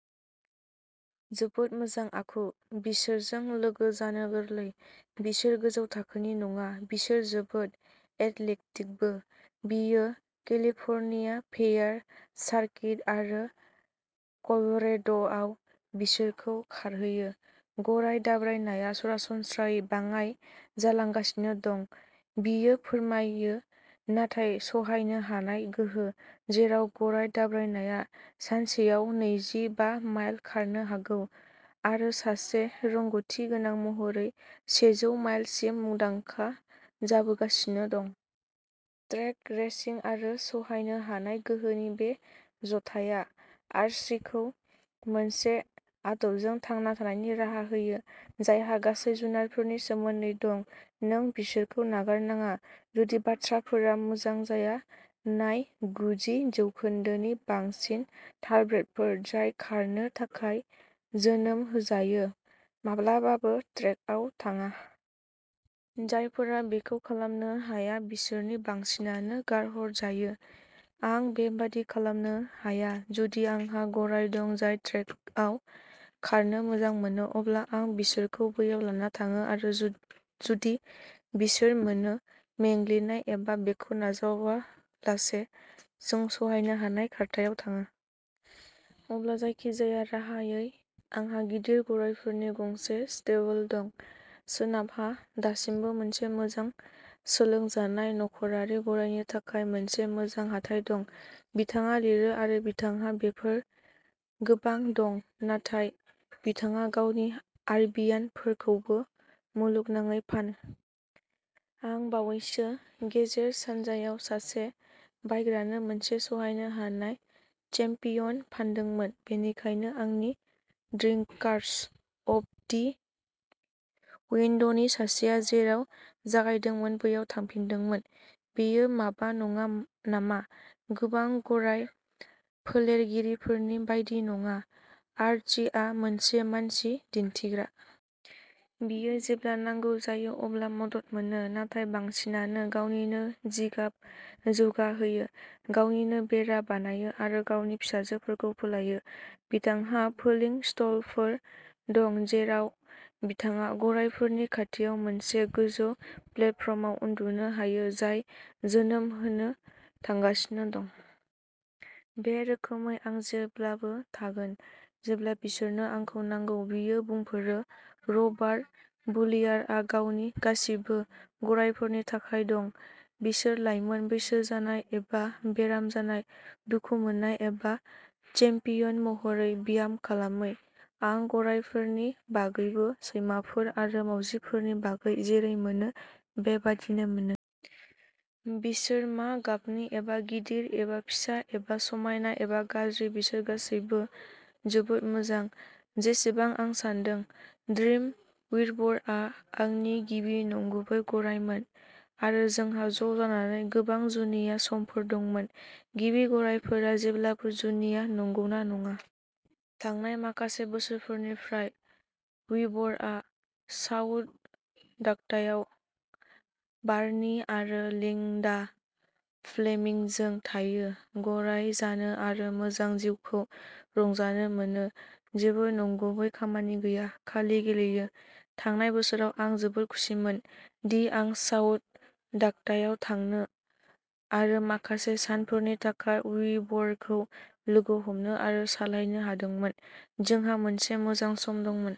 जोबोद मोजां आखु। बिसोरजों लोगो जानो गोरलै, बिसोर गोजौ थाखोनि नङा। बिसोर जोबोद एथलेटिकबो। बियो केलिफर्निया फेयार सार्किट आरो कलरेड'आव बिसोरखौ खारहोयो। गराय दाब्रायनाया सरासनस्रायै बाङाइ जालांगासिनो दं, बियो फोरमायो, नाथाय सहायनो हानाय गोहो, जेराव गराय दाब्रायनाया सानसेयाव नैजि बा माइल खारनो हागौ आरो सासे रोंग'थि गोनां महरै सेजौ माइलसिम, मुंदांखा जाबोगासिनो दं। ट्रेक रेसिं आरो सहायनो हानाय गोहोनि बे जथाया आर्चीखौ मोनसे आदबजों थांना थानायनि राहा होयो, जायहा गासै जुनारफोरनि सोमोन्दै दं नों बिसोरखौ नागारनाङा, जुदि बाथ्राफोरा मोजां जाया। नाय, गुजि जौखोन्दोनि बांसिन थारब्रेडफोर जाय खारनो थाखाय जोनोम होजायो, माब्लाबाबो ट्रेकआव थाङा। जायफोरा बेखौ खालामनो हाया, बिसोरनि बांसिनानो गारहरजायो। आं बेबादि खालामनो हाया। जुदि आंहा गराय दं जाय ट्रेकआव खारनो मोजां मोनो, अब्ला आं बिसोरखौ बैयाव लाना थाङो आरो जुदि बिसोर मोनो मेंग्लिनाय एबा बेखौ नाजावालासे, जों सहायनो हानाय खारथायाव थाङो। अब्ला जायखिजाया राहायै, आंहा गिदिर गरायफोरनि गंसे स्टेबल दं। सोनाबहा, दासिमबो मोनसे मोजां सोलोंजानाय नखरारि गरायनि थाखाय मोनसे मोजां हाथाय दं, बिथाङा लिरो आरो बिथांहा बेफोर गोबां दं। नाथाय बिथाङा गावनि आरबियानफोरखौबो मुलुगनाङै फानो। आं बावैसो गेजेर सानजायाव सासे बायग्रानो मोनसे सहायनो हानाय चेम्पियन फानदोंमोन, बेनिखायनो आंनि ड्रिंकार्स अफ दि उइन्ड'नि सासेया जेराव जागायदोंमोन बैयाव थांफिनदोंमोन। बेयो माबा नङा नामा? गोबां गराय फोलेरगिरिफोरनि बायदि नङा, आर्चीआ मोनसे मानसि दिन्थिग्रा। बियो जेब्ला नांगौ जायो अब्ला मदद मोनो, नाथाय बांसिनानो गावनिनो जिगाब जौगाहोयो, गावनिनो बेरा बानायो आरो गावनि फिसाफोरखौ फोलायो। बिथांहा फोलिं स्टलफोर दं जेराव बिथाङा गरायफोरनि खाथियाव मोनसे गोजौ प्लेटफर्माव उन्दुनो हायो जाय जोनोम होनो थांगासिनो दं। बे रोखोमै आं जेब्लाबो थागोन जेब्ला बिसोरनो आंखौ नांगौ, बियो बुंफोरो। रबार्ट बुलियारआ गावनि गासिबो गरायफोरनि थाखाय दं, बिसोर लाइमोन, बैसो जानाय एबा बेराम जानाय, दुखु मोननाय एबा चेम्पियन महरै ब्याम खालामै। आं गरायफोरनि बागैबो सैमाफोर आरो मावजिफोरनि बागै जेरै मोनो, बे बादिनो मोनो। बिसोर मा गाबनि एबा गिदिर एबा फिसा एबा समायना एबा गाज्रि बिसोर गासैबो जोबोद मोजां, जेसेबां आं सान्दों। ड्रिम वीवरआ आंनि गिबि नंगुबै गरायमोन आरो जोंहा ज' जानानै गोबां जुनिया समफोर दंमोन। गिबि गरायफोरा जेब्लाबो जुनिया, नंगौना नङा? थांनाय माखासे बोसोरफोरनिफ्राय वीवरआ साउथ डाकटायाव बार्नी आरो लिंडा फ्लेमिंगजों थायो, गराय जानो आरो मोजां जिउखौ रंजानो मोनो जेबो नंगुबै खामानि गैया, खालि गेलेयो। थांनाय बोसोराव आं जोबोद खुसिमोन दि आं साउथ डाकटायाव थांनो आरो माखासे सानफोरनि थाखाय वीवरखौ लोगो हमनो आरो सालायनो हादोंमोन। जोंहा मोनसे मोजां सम दंमोन।